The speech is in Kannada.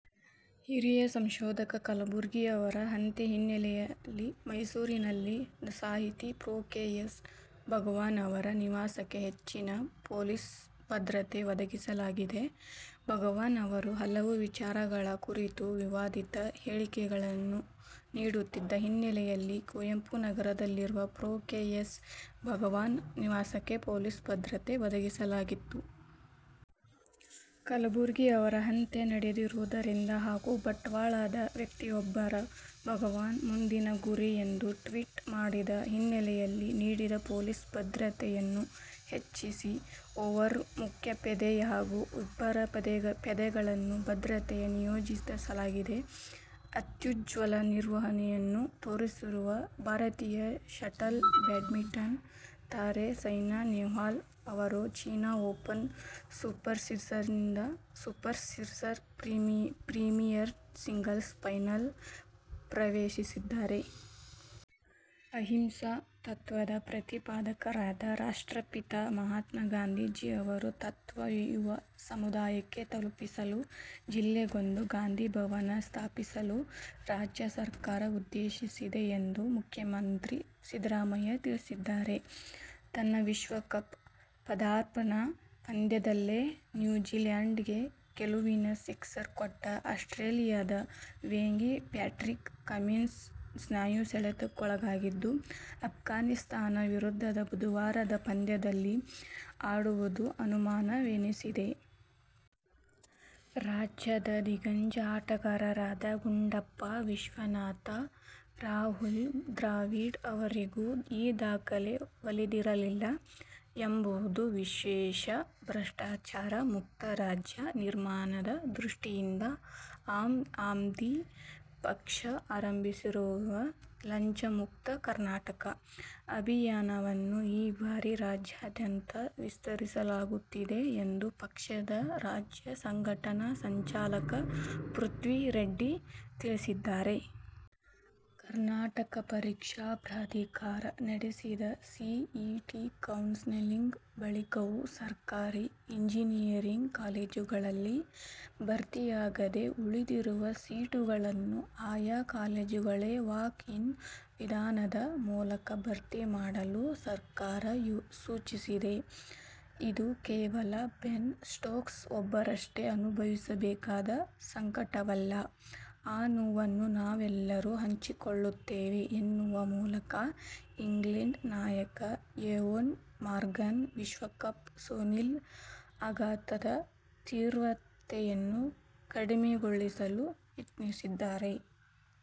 ಹಿರಿಯ ಸಂಶೋಧಕ ಕಲಬುರ್ಗಿ ಅವರ ಹತ್ಯೆ ಹಿನ್ನೆಲೆಯಲ್ಲಿ ಮೈಸೂರಿನಲ್ಲಿ ಸಾಹಿತಿ ಪ್ರೊ. ಕೆ. ಎಸ್. ಭಗವಾನ್ ಅವರ ನಿವಾಸಕ್ಕೆ ಹೆಚ್ಚಿನ ಪೊಲೀಸ್ ಭದ್ರತೆ ಒದಗಿಸಲಾಗಿದೆ. ಭಗವಾನ್ ಅವರು ಹಲವು ವಿಚಾರಗಳ ಕುರಿತು ವಿವಾದಿತ ಹೇಳಿಕೆಗಳನ್ನು ನೀಡುತ್ತಿದ್ದ ಹಿನ್ನೆಲೆಯಲ್ಲಿ ಕುವೆಂಪು ನಗರದಲ್ಲಿರುವ ಪ್ರೊ. ಕೆ. ಎಸ್. ಭಗವಾನ್ ನಿವಾಸಕ್ಕೆ ಪೊಲೀಸ್ ಭದ್ರತೆ ಒದಗಿಸಲಾಗಿತ್ತು. ಕಲಬುರ್ಗಿ ಅವರ ಹತ್ಯೆ ನಡೆದಿರುವುದರಿಂದ ಹಾಗೂ ಬಂಟ್ವಾಳದ ವ್ಯಕ್ತಿಯೊಬ್ಬರು ಭಗವಾನ್ ಮುಂದಿನ ಗುರಿ ಎಂದು ಟ್ವೀಟ್ ಮಾಡಿದ್ದ ಹಿನ್ನೆಲೆಯಲ್ಲಿ ನೀಡಿದ್ದ ಪೊಲೀಸ್ ಭದ್ರತೆಯನ್ನು ಹೆಚ್ಚಿಸಿ ಓರ್ವ ಮುಖ್ಯಪೇದೆ ಹಾಗೂ ಇಬ್ಬರು ಪೇದೆಗಳನ್ನು ಭದ್ರತೆಗೆ ನಿಯೋಜಿಸಲಾಗಿದೆ. ಅತ್ಯುಜ್ವಲ ನಿರ್ವಹಣೆಯನ್ನು ತೋರಿರುವ ಭಾರತೀಯ ಶಟಲ್ ಬ್ಯಾಡ್ಮಿಂಟನ್ ತಾರೆ ಸೈನಾ ನೆಹ್ವಾಲ್ ಅವರು ಚೀನ ಓಪನ್ ಸೂಪರ್ಸೀರಿಸ್ ಪ್ರೀಮಿಯರ್ನ ಸಿಂಗಲ್ಸ್ ಫೈನಲ್ ಪ್ರವೇಶಿಸಿದ್ದಾರೆ. ಅಹಿಂಸಾ ತತ್ವದ ಪ್ರತಿಪಾದಕರಾದ ರಾಷ್ಟ್ರಪಿತ ಮಹ್ಮಾತ್ಮ ಗಾಂಧೀಜಿಯವರ ತತ್ವ ಯುವ ಸಮುದಾಯಕ್ಕೆ ತಲುಪಿಸಲು ಜಿಲ್ಲೆಗೊಂದು ಗಾಂಧಿಭವನ ಸ್ಥಾಪಿಸಲು ರಾಜ್ಯ ಸರ್ಕಾರ ಉದ್ದೇಶಿಸಿದೆ ಎಂದು ಮುಖ್ಯಮಂತ್ರಿ ಸಿದ್ದರಾಮಯ್ಯ ತಿಳಿಸಿದ್ದಾರೆ. ತನ್ನ ವಿಶ್ವಕಪ್ ಪದಾರ್ಪಣಾ ಪಂದ್ಯದಲ್ಲೇ ನ್ಯೂಜಿಲ್ಯಾಂಡಿಗೆ ಗೆಲುವಿನ ಸಿಕ್ಸರ್ ಕೊಟ್ಟ ಆಸ್ಟ್ರೇಲಿಯದ ವೇಗಿ ಪ್ಯಾಟ್ರಿಕ್ ಕಮಿನ್ಸ್ ಸ್ನಾಯು ಸೆಳೆತಕ್ಕೊಳಗಾಗಿದ್ದು, ಅಫ್ಘಾನಿಸ್ಥಾನ ವಿರುದ್ಧದ ಬುಧವಾರದ ಪಂದ್ಯದಲ್ಲಿ ಆಡುವುದು ಅನುಮಾನವೆನಿಸಿದೆ. ರಾಜ್ಯದ ದಿಗ್ಗಜ ಆಟಗಾರರಾದ ಗುಂಡಪ್ಪ ವಿಶ್ವನಾಥ್, ರಾಹುಲ್ ದ್ರಾವಿಡ್ ಅವರಿಗೂ ಈ ದಾಖಲೆ ಒಲಿದಿರಲಿಲ್ಲ ಎಂಬುದು ವಿಶೇಷ. ಭ್ರಷ್ಟಾಚಾರ ಮುಕ್ತ ರಾಜ್ಯ ನಿರ್ಮಾಣದ ದೃಷ್ಟಿಯಿಂದ ಆಮ್ ಆದ್ಮಿ ಪಕ್ಷ ಆರಂಭಿಸಿರುವ ಲಂಚಮುಕ್ತ ಕರ್ನಾಟಕ ಅಭಿಯಾನವನ್ನು ಈ ಬಾರಿ ರಾಜ್ಯಾದ್ಯಂತ ವಿಸ್ತರಿಸಲಾಗುತ್ತಿದೆ ಎಂದು ಪಕ್ಷದ ರಾಜ್ಯ ಸಂಘಟನಾ ಸಂಚಾಲಕ ಪೃಥ್ವಿರೆಡ್ಡಿ ತಿಳಿಸಿದ್ದಾರೆ. ಕರ್ನಾಟಕ ಪರೀಕ್ಷಾ ಪ್ರಾಧಿಕಾರ ನಡೆಸಿದ ಸಿಇಟಿ ಕೌನ್ಸೆಲಿಂಗ್ ಬಳಿಕವೂ ಸರ್ಕಾರಿ ಇಂಜಿನಿಯರಿಂಗ್ ಕಾಲೇಜುಗಳಲ್ಲಿ ಭರ್ತಿಯಾಗದೆ ಉಳಿದಿರುವ ಸೀಟುಗಳನ್ನು ಆಯಾ ಕಾಲೇಜುಗಳೇ ವಾಕ್-ಇನ್ ವಿಧಾನದ ಮೂಲಕ ಭರ್ತಿ ಮಾಡಲು ಸರ್ಕಾರ ಸೂಚಿಸಿದೆ. "ಇದು ಕೇವಲ ಬೆನ್ ಸ್ಟೋಕ್ಸ್ ಒಬ್ಬರಷ್ಟೇ ಅನುಭವಿಸಬೇಕಾದ ಸಂಕಟವಲ್ಲ. ಆ ನೋವನ್ನು ನಾವೆಲ್ಲರೂ ಹಂಚಿಕೊಳ್ಳುತ್ತೇವೆ' ಎನ್ನುವ ಮೂಲಕ ಇಂಗ್ಲೆಂಡ್ ನಾಯಕ ಎವೋನ್ ಮಾರ್ಗನ್ ವಿಶ್ವಕಪ್ ಸೋಲಿನ ಆಘಾತದ ತೀವ್ರತೆಯನ್ನು ಕಡಿಮೆಗೊಳಿಸಲು ಯತ್ನಿಸಿದ್ದಾರೆ.